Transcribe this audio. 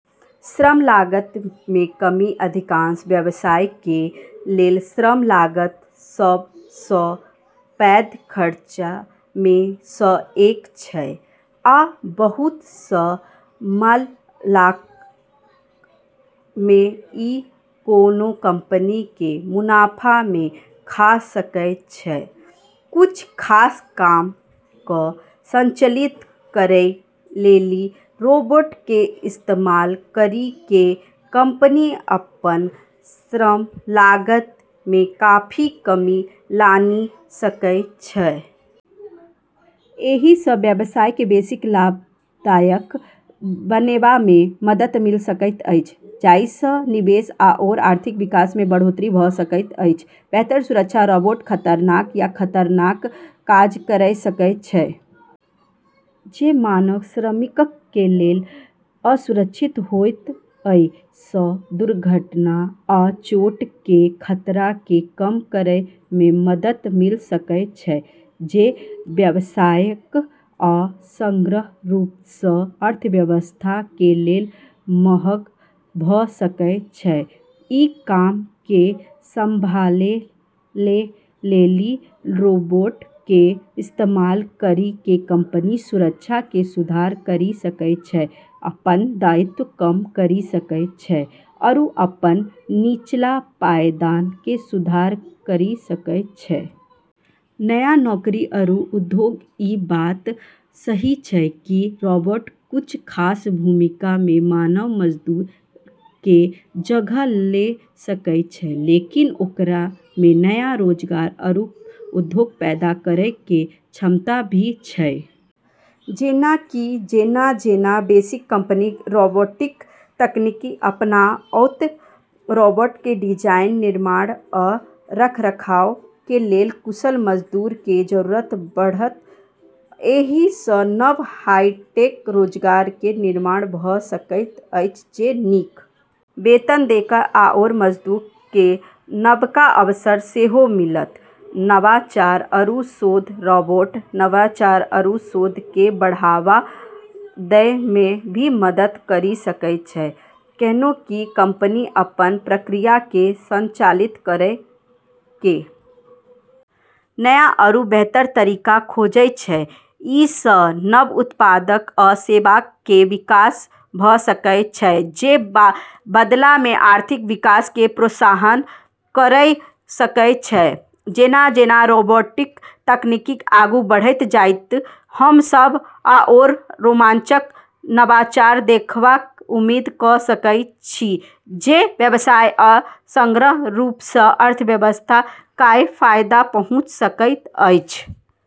श्रम लागत मे कमी अधिकांश व्यवसायक कें लेल श्रम लागत सब सं पैघ खर्च मे सं एक छै आ बहुत सं मामलाक मे इ कोनों कंपनी कें मुनाफा मे खा सकय छै, कुछ खास काम क॑ स्वचालित करै लेली रोबोट के इस्तेमाल करी के कंपनी अपनऽ श्रम लागत मे काफी कमी लानी सकै छै। एहि सं व्यवसाय के बेसि लाभदायक बनेबा मे मदद मिल सकैत अछि जाहि सं निवेश आओर आर्थिक विकास मे बढ़ोतरी भ सकैत अछि, बेहतर सुरक्षा रोबोट खतरनाक या खतरनाक काज कयर सकय छै जे मानव श्रमिकक कें लेल असुरक्षित होयत, अइ सं दुर्घटना आ चोट कें खतरा कें कम करय मे मदद मिल सकय छै, जे व्यवसायक आ समग्र रूप सं अर्थव्यवस्था कें लेल महग भ सकय छै, ई काम के संभाले लेली रोबोट के इस्तेमाल करी के कंपनी सुरक्षा मे सुधार करी सकै छै, अपनऽ दायित्व कम करी सकै छै आरू अपनऽ निचला पायदान मे सुधार करी सकै छै। नया नौकरी आरू उद्योग ई बात सही छै कि रोबोट कुछ खास भूमिका मे मानव मजदूरऽ के जगह ले सकै छै लेकिन ओकरा मे नया रोजगार आरू उद्योग पैदा करै के क्षमता भी छै। जेना कि जेना-जेना बेसी कंपनी रोबोटिक तकनीक अपनाओत, रोबोट के डिजाइन, निर्माण आ रखरखाव के लेल कुशल मजदूर के जरूरत बढ़त, एहि सं नव हाईटेक रोजगार के निर्माण भ सकैत अछि जे नीक वेतन देत आओर मजदूर के नवका अवसर सेहो मिलत, नवाचार आरू शोध रोबोट नवाचार आरू शोध के बढ़ावा दै मे भी मदद करी सकै छै, कैन्हेंकि कंपनी अपनऽ प्रक्रिया के स्वचालित करै के नया आरू बेहतर तरीका खोजै छै, अइ सं नव उत्पाद आ सेवाक कें विकास भ सकय छै जे बदला मे आर्थिक विकास कें प्रोत्साहित कयर सकय छै जेना-जेना रोबोटिक तकनीक आगू बढ़ैत जायत, हम सब आओर रोमांचक नवाचार देखबाक उम्मीद क सकैत छी जे व्यवसाय आ समग्र रूप स अर्थव्यवस्था कए फायदा पहुंचा सकैत अछि।